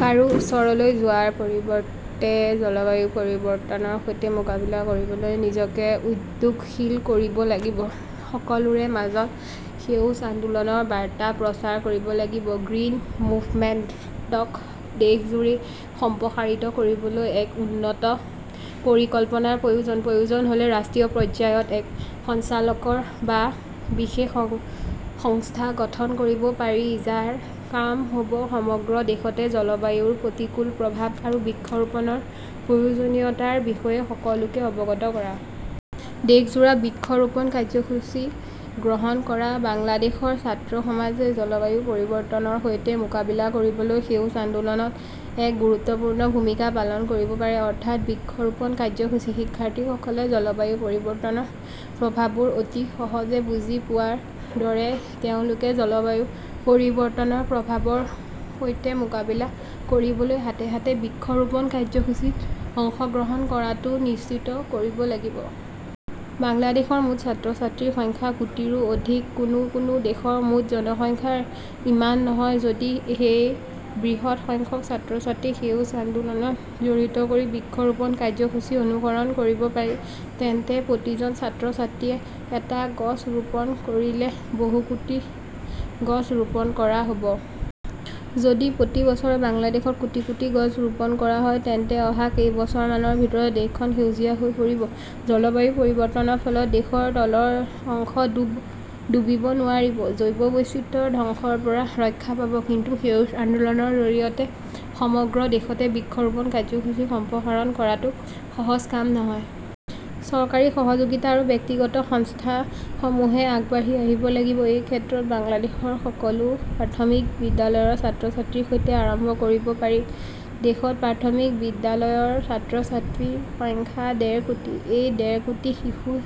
কাৰো ওচৰলৈ যোৱাৰ পৰিৱৰ্তে জলবায়ু পৰিৱৰ্তনৰ সৈতে মোকাবিলা কৰিবলৈ নিজকে উদ্যোগশীল কৰিব লাগিব। সকলোৰে মাজত সেউজ আন্দোলনৰ বাৰ্তা প্ৰচাৰ কৰিব লাগিব। গ্ৰীণ মুভমেণ্টক দেশজুৰি সম্প্ৰসাৰিত কৰিবলৈ এক উন্নত পৰিকল্পনাৰ প্ৰয়োজন। প্ৰয়োজন হ'লে ৰাষ্ট্ৰীয় পৰ্যায়ত এক সঞ্চালকালয় বা বিশেষ সংস্থা গঠন কৰিব পাৰি যাৰ কাম হ'ব সমগ্ৰ দেশতে জলবায়ুৰ প্ৰতিকূল প্ৰভাৱ আৰু বৃক্ষৰোপণৰ প্ৰয়োজনীয়তাৰ বিষয়ে সকলোকে অৱগত কৰা। দেশজোৰা বৃক্ষ ৰোপণ কাৰ্যসূচী গ্ৰহণ কৰা। বাংলাদেশৰ ছাত্ৰ সমাজে জলবায়ু পৰিৱৰ্তনৰ সৈতে মোকাবিলা কৰিবলৈ সেউজ আন্দোলনত এক গুৰুত্বপূৰ্ণ ভূমিকা পালন কৰিব পাৰে, অৰ্থাৎ বৃক্ষৰোপণ কাৰ্যসূচী। শিক্ষাৰ্থীসকলে জলবায়ু পৰিৱৰ্তনৰ প্ৰভাৱবোৰ অতি সহজে বুজি পোৱাৰ দৰে তেওঁলোকে জলবায়ু পৰিৱৰ্তনৰ প্ৰভাৱৰ সৈতে মোকাবিলা কৰিবলৈ হাতে হাতে বৃক্ষৰোপণ কাৰ্যসূচীত অংশগ্ৰহণ কৰাটো নিশ্চিত কৰিব লাগিব। বাংলাদেশৰ মুঠ ছাত্ৰ-ছাত্ৰীৰ সংখ্যা কোটিৰো অধিক, কোনো কোনো দেশৰ মুঠ জনসংখ্যা ইমান নহয়, যদি এই বৃহৎ সংখ্যক ছাত্ৰ-ছাত্ৰীক সেউজ আন্দোলনত জড়িত কৰি বৃক্ষৰোপণ কাৰ্যসূচী অনুসৰণ কৰিব পাৰি তেন্তে প্ৰতিজন ছাত্ৰ-ছাত্ৰীয়ে এটা গছ ৰোপণ কৰিলে বহু কোটি গছ ৰোপণ কৰা হ'ব। যদি প্ৰতি বছৰে বাংলাদেশত কোটি কোটি গছ ৰোপণ কৰা হয়, তেন্তে অহা কেইবছৰমানৰ ভিতৰত দেশখন সেউজীয়া হৈ পৰিব। জলবায়ু পৰিৱৰ্তনৰ ফলত দেশৰ তলৰ অংশ ডুবিব নোৱাৰিব। জৈৱ বৈচিত্ৰ্য ধ্বংসৰ পৰা ৰক্ষা পাব। কিন্তু সেউজ আন্দোলনৰ জৰিয়তে সমগ্ৰ দেশতে বৃক্ষৰোপণ কাৰ্যসূচী সম্প্ৰসাৰণ কৰাটো সহজ কাম নহয়। চৰকাৰী সহযোগিতা আৰু ব্যক্তিগত সংস্থাসমূহে আগবাঢ়ি আহিব লাগিব। এই ক্ষেত্ৰত বাংলাদেশৰ সকলো প্ৰাথমিক বিদ্যালয়ৰ ছাত্ৰ-ছাত্ৰীৰ সৈতে আৰম্ভ কৰিব পাৰি। দেশত প্ৰাথমিক বিদ্যালয়ৰ ছাত্ৰ-ছাত্ৰীৰ সংখ্যা ডেৰ কোটি। এই ডেৰ কোটি শিশু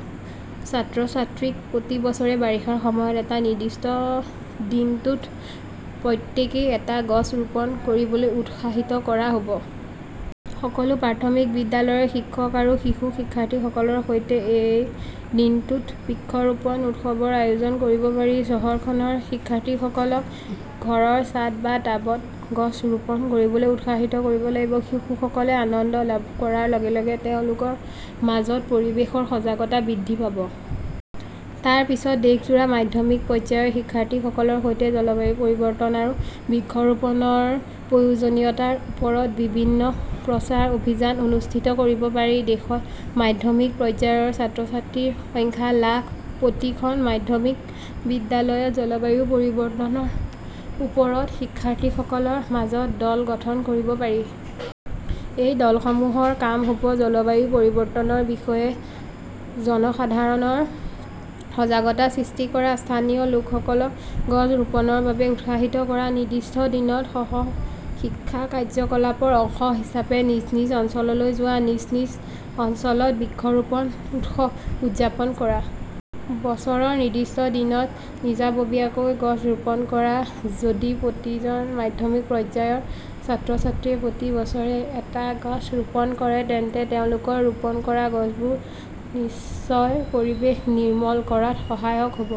ছাত্ৰ-ছাত্ৰীক প্ৰতি বছৰে বাৰিষাৰ সময়ত এটা নিৰ্দিষ্ট দিনটোত প্ৰত্যেকেই এটা গছ ৰোপণ কৰিবলৈ উৎসাহিত কৰা হ'ব। সকলো প্ৰাথমিক বিদ্যালয়ৰ শিক্ষক আৰু শিশু শিক্ষাৰ্থীসকলৰ সৈতে এই দিনটোত বৃক্ষৰোপণ উৎসৱৰ আয়োজন কৰিব পাৰি। চহৰখনৰ শিক্ষাৰ্থীসকলক ঘৰৰ ছাদ বা টাবত গছ ৰোপণ কৰিবলৈ উৎসাহিত কৰিব লাগিব। শিশুসকলে আনন্দ লাভ কৰাৰ লগে লগে তেওঁলোকৰ মাজত পৰিৱেশৰ সজাগতা বৃদ্ধি পাব। তাৰ পিছত দেশজোৰা মাধ্যমিক পৰ্যায়ৰ শিক্ষাৰ্থীসকলৰ সৈতে জলবায়ু পৰিৱৰ্তন আৰু বৃক্ষৰোপণৰ প্ৰয়োজনীয়তাৰ ওপৰত বিভিন্ন প্ৰচাৰ অভিযান অনুষ্ঠিত কৰিব পাৰি। দেশত মাধ্যমিক পৰ্যায়ৰ ছাত্ৰ-ছাত্ৰীৰ সংখ্যা লাখ। প্ৰতিখন মাধ্যমিক বিদ্যালয়ত জলবায়ু পৰিৱৰ্তনৰ ওপৰত শিক্ষাৰ্থীসকলৰ মাজত দল গঠন কৰিব পাৰি। এই দলসমূহৰ কাম হ'ব জলবায়ু পৰিৱৰ্তনৰ বিষয়ে জনসাধাৰণৰ সজাগতা সৃষ্টি কৰা, স্থানীয় লোকসকলক গছ ৰোপণৰ বাবে উৎসাহিত কৰা, নিৰ্দিষ্ট দিনত সহ-শিক্ষা কাৰ্যকলাপৰ অংশ হিচাপে নিজ নিজ অঞ্চললৈ যোৱা। নিজ নিজ অঞ্চলত বৃক্ষৰোপণ উৎসৱ উদযাপন কৰা। বছৰৰ নিৰ্দিষ্ট দিনত নিজাববীয়াকৈ গছ ৰোপণ কৰা। যদি প্ৰতিজন মাধ্যমিক পৰ্যায়ৰ ছাত্ৰ-ছাত্ৰীয়ে প্ৰতি বছৰে এটা গছ ৰোপণ কৰে, তেন্তে তেওঁলোকৰ ৰোপণ কৰা গছবোৰ নিশ্চয় পৰিবেশ নিৰ্মল কৰাত সহায়ক হ'ব।